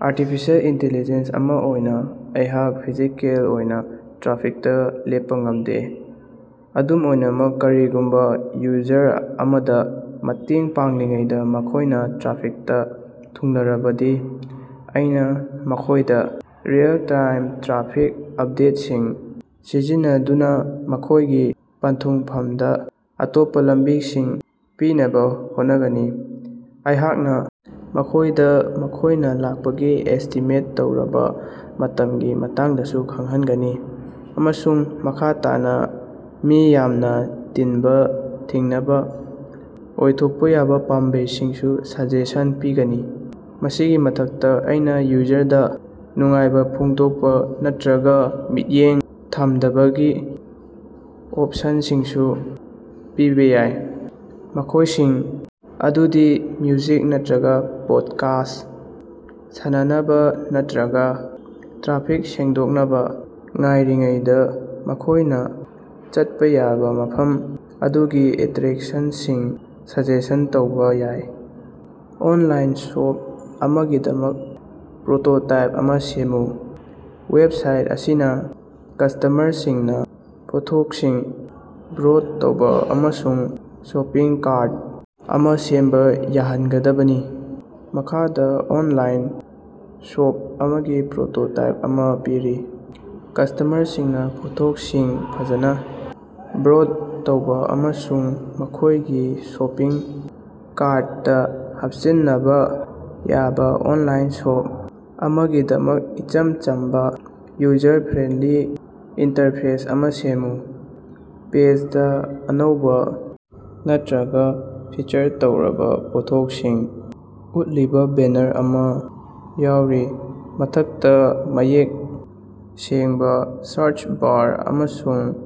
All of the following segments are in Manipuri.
ꯑꯥꯔꯇꯤꯐꯤꯁꯦꯜ ꯏꯟꯇꯤꯂꯤꯖꯦꯟꯁ ꯑꯃꯥ ꯑꯣꯏꯅꯥ ꯑꯩꯍꯥꯛ ꯐꯤꯖꯤꯀꯦꯜ ꯑꯣꯏꯅꯥ ꯇ꯭ꯔꯥꯐꯤꯛꯇꯥ ꯂꯦꯞꯄꯥ ꯉꯝꯗꯦ꯫ ꯑꯗꯨꯝ ꯑꯣꯏꯅꯃꯛ, ꯀꯔꯤꯒꯨꯝꯕꯥ ꯌꯨꯖꯔ ꯑꯃꯗꯥ ꯃꯇꯦꯡ ꯄꯥꯡꯂꯤꯉꯩꯗꯥ ꯃꯈꯣꯏꯅꯥ ꯇ꯭ꯔꯥꯐꯤꯛꯇꯥ ꯊꯨꯡꯂꯔꯕꯗꯤ, ꯑꯩꯅꯥ ꯃꯈꯣꯏꯗꯥ ꯔꯤꯑꯦꯜ-ꯇꯥꯏꯝ ꯇ꯭ꯔꯥꯐꯤꯛ ꯑꯞꯗꯦꯠꯁꯤꯡ ꯁꯤꯖꯤꯟꯅꯗꯨꯅꯥ ꯃꯈꯣꯏꯒꯤ ꯄꯟꯊꯨꯡꯐꯝꯗꯥ ꯑꯇꯣꯞꯄꯥ ꯂꯝꯕꯤꯁꯤꯡ ꯄꯤꯅꯕꯥ ꯍꯣꯠꯅꯒꯅꯤ꯫ ꯑꯩꯍꯥꯛꯅꯥ ꯃꯈꯣꯏꯗꯥ ꯃꯈꯣꯏꯅꯥ ꯂꯥꯛꯄꯒꯤ ꯑꯦꯁꯇꯤꯃꯦꯠ ꯇꯧꯔꯕꯥ ꯃꯇꯝꯒꯤ ꯃꯇꯥꯡꯗꯁꯨ ꯈꯪꯍꯟꯒꯅꯤ ꯑꯃꯁꯨꯡ ꯃꯈꯥ ꯇꯥꯅꯥ ꯃꯤ ꯌꯥꯝꯅꯥ ꯇꯤꯟꯕꯥ ꯊꯤꯡꯅꯕꯥ ꯑꯣꯏꯊꯣꯛꯄꯥ ꯌꯥꯕꯥ ꯄꯥꯝꯕꯩꯁꯤꯡꯁꯨ ꯁꯖꯦꯁꯟ ꯄꯤꯒꯅꯤ꯫ ꯃꯁꯤꯒꯤ ꯃꯊꯛꯇꯥ, ꯑꯩꯅꯥ ꯌꯨꯖꯔꯗꯥ ꯅꯨꯡꯉꯥꯏꯕꯥ ꯐꯣꯡꯗꯣꯛꯄꯥ ꯅꯠꯇ꯭ꯔꯒꯥ ꯃꯤꯠꯌꯦꯡ ꯊꯝꯗꯕꯒꯤ ꯑꯣꯞꯁꯟꯁꯤꯡꯁꯨ ꯄꯤꯕꯥ ꯌꯥꯏ, ꯃꯈꯣꯏꯁꯤꯡ ꯑꯗꯨꯗꯤ ꯃ꯭ꯌꯨꯖꯤꯛ ꯅꯠꯇ꯭ꯔꯒꯥ ꯄꯣꯠꯀꯥꯁ ꯁꯥꯟꯅꯅꯕꯥ ꯅꯠꯇ꯭ꯔꯒꯥ ꯇ꯭ꯔꯥꯐꯤꯛ ꯁꯦꯡꯗꯣꯛꯅꯕꯥ ꯉꯥꯏꯔꯤꯉꯩꯗꯥ ꯃꯈꯣꯏꯅꯥ ꯆꯠꯄꯥ ꯌꯥꯕꯥ ꯃꯐꯝ ꯑꯗꯨꯒꯤ ꯑꯦꯇ꯭ꯔꯦꯛꯁꯟꯁꯤꯡ ꯁꯖꯦꯁꯟ ꯇꯧꯕꯥ ꯌꯥꯏ꯫ ꯑꯣꯟꯂꯥꯏꯟ ꯁꯣꯞ ꯑꯃꯒꯤꯗꯃꯛ ꯄ꯭ꯔꯣꯇꯣꯇꯥꯏꯞ ꯑꯃꯥ ꯁꯦꯝꯃꯨ꯫ ꯋꯦꯕꯁꯥꯏꯠ ꯑꯁꯤꯅꯥ ꯀꯁ꯭ꯇꯃꯔꯁꯤꯡꯅꯥ ꯄꯣꯠꯊꯣꯛꯁꯤꯡ ꯕ꯭ꯔꯣꯠ ꯇꯧꯕꯥ ꯑꯃꯁꯨꯡ ꯁꯣꯄꯤꯡ ꯀꯥꯔꯠ ꯑꯃꯥ ꯁꯦꯝꯕꯥ ꯌꯥꯍꯟꯒꯗꯕꯅꯤ꯫ ꯃꯈꯥꯗꯥ ꯑꯣꯅꯂꯥꯏꯟ ꯁꯣꯞ ꯑꯃꯒꯤ ꯄ꯭ꯔꯣꯇꯣꯇꯥꯏꯞ ꯑꯃꯥ ꯄꯤꯔꯤ꯫ ꯀꯁ꯭ꯇꯃꯔꯁꯤꯡꯅꯥ ꯄꯣꯠꯊꯣꯛꯁꯤꯡ ꯐꯖꯅꯥ ꯕ꯭ꯔꯣꯗ ꯇꯧꯕꯥ ꯑꯃꯁꯨꯡ ꯃꯈꯣꯏꯒꯤ ꯁꯣꯄꯤꯡ ꯀꯥꯔꯠꯇꯥ ꯍꯥꯞꯆꯤꯟꯅꯕꯥ ꯌꯥꯕꯥ ꯑꯣꯅꯂꯥꯏꯟ ꯁꯣꯞ ꯑꯃꯒꯤꯗꯃꯛ ꯏꯆꯝ ꯆꯝꯕꯥ, ꯌꯨꯖꯔ ꯐ꯭ꯔꯦꯟꯗꯂꯤ ꯏꯟꯇꯔꯐꯦꯁ ꯑꯃꯥ ꯁꯦꯝꯃꯨ꯫ ꯄꯦꯖꯗꯥ ꯑꯅꯧꯕꯥ ꯅꯠꯇ꯭ꯔꯒꯥ ꯐꯤꯆꯔ ꯇꯧꯔꯕꯥ ꯄꯣꯠꯊꯣꯛꯁꯤꯡ ꯎꯠꯂꯤꯕꯥ ꯕꯦꯅꯥꯔ ꯑꯃꯥ ꯌꯥꯎꯔꯤ, ꯃꯊꯛꯇꯥ ꯃꯌꯦꯛ ꯁꯦꯡꯕꯥ ꯁꯥꯔꯆ ꯕꯥꯔ ꯑꯃꯁꯨꯡ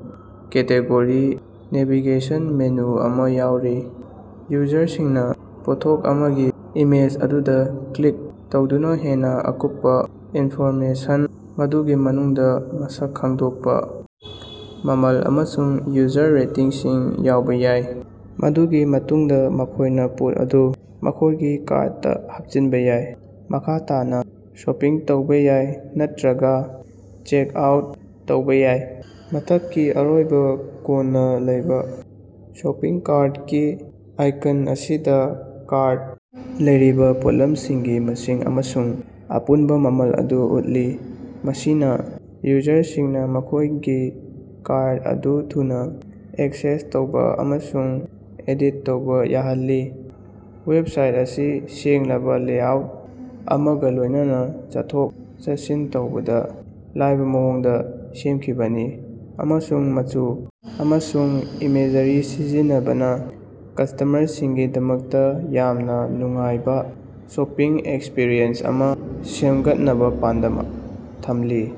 ꯀꯦꯇꯦꯒꯣꯔꯤ ꯅꯦꯚꯤꯒꯦꯁꯟ ꯃꯦꯅꯨ ꯑꯃꯥ ꯌꯥꯎꯔꯤ꯫ ꯌꯨꯖꯔꯁꯤꯡꯅꯥ ꯄꯣꯠꯊꯣꯛ ꯑꯃꯒꯤ ꯏꯃꯦꯖ ꯑꯃꯗꯥ ꯀ꯭ꯂꯤꯛ ꯇꯧꯗꯨꯅꯥ ꯍꯦꯟꯅꯥ ꯑꯀꯨꯞꯄꯥ ꯏꯟꯐꯣꯔꯃꯦꯁꯟ, ꯃꯗꯨꯒꯤ ꯃꯅꯨꯡꯗꯥ ꯃꯁꯛ ꯈꯪꯗꯣꯛꯄꯥ, ꯃꯃꯜ, ꯑꯃꯁꯨꯡ ꯌꯨꯖꯔ ꯔꯦꯇꯤꯡꯁꯤꯡ ꯌꯥꯎꯕꯥ ꯌꯥꯏ꯫ ꯃꯗꯨꯒꯤ ꯃꯇꯨꯡꯗꯥ ꯃꯈꯣꯏꯅꯥ ꯄꯣꯠ ꯑꯗꯨ ꯃꯈꯣꯏꯒꯤ ꯀꯥꯔꯗꯇꯥ ꯍꯥꯞꯆꯤꯟꯕꯥ ꯌꯥꯏ, ꯃꯈꯥ ꯇꯥꯅꯥ ꯁꯣꯄꯤꯡ ꯇꯧꯕꯥ ꯌꯥꯏ ꯅꯠꯇ꯭ꯔꯒꯥ ꯆꯦꯛꯑꯥꯎꯠ ꯇꯧꯕꯥ ꯌꯥꯏ꯫ ꯃꯊꯛꯀꯤ ꯑꯔꯣꯏꯕꯥ ꯀꯣꯟꯅꯥ ꯂꯩꯕꯥ ꯁꯣꯄꯤꯡ ꯀꯥꯔꯠꯀꯤ ꯑꯥꯏꯀꯟ ꯑꯁꯤꯅꯥ ꯀꯥꯔꯠ ꯂꯩꯔꯤꯕꯥ ꯄꯣꯠꯂꯝꯁꯤꯡꯒꯤ ꯃꯁꯤꯡ ꯑꯃꯁꯨꯡ ꯑꯄꯨꯟꯕꯥ ꯃꯃꯜ ꯑꯗꯨ ꯎꯠꯂꯤ, ꯃꯁꯤꯅꯥ ꯌꯨꯖꯔꯁꯤꯡꯅꯥ ꯃꯈꯣꯏꯒꯤ ꯀꯥꯔꯠ ꯑꯗꯨ ꯊꯨꯅꯥ ꯑꯦꯛꯁꯦꯁ ꯇꯧꯕꯥ ꯑꯃꯁꯨꯡ ꯑꯦꯗꯤꯠ ꯇꯧꯕꯥ ꯌꯥꯍꯜꯂꯤ꯫ ꯋꯦꯕꯁꯥꯏꯠ ꯑꯁꯤ ꯁꯦꯡꯂꯕꯥ ꯂꯦꯑꯥꯎꯠ ꯑꯃꯒꯥ ꯂꯣꯏꯅꯅꯥ ꯆꯠꯊꯣꯛ-ꯆꯠꯁꯤꯟ ꯇꯧꯕꯗꯥ ꯂꯥꯏꯕꯥ ꯃꯑꯣꯡꯗꯥ ꯁꯦꯝꯈꯤꯕꯅꯤ, ꯑꯃꯁꯨꯡ ꯃꯆꯨ ꯑꯃꯁꯨꯡ ꯏꯃꯦꯖꯔꯤ ꯁꯤꯖꯤꯟꯅꯕꯅꯥ ꯀꯁ꯭ꯇꯃꯔꯁꯤꯡꯒꯤꯗꯃꯛꯇꯥ ꯌꯥꯝꯅꯥ ꯅꯨꯡꯉꯥꯏꯕꯥ ꯁꯣꯄꯤꯡ ꯑꯦꯛꯁꯄ꯭ꯔꯤꯌꯦꯟꯁ ꯑꯃꯥ ꯁꯦꯝꯒꯠꯅꯕꯥ ꯄꯥꯟꯗꯝ ꯊꯝꯂꯤ꯫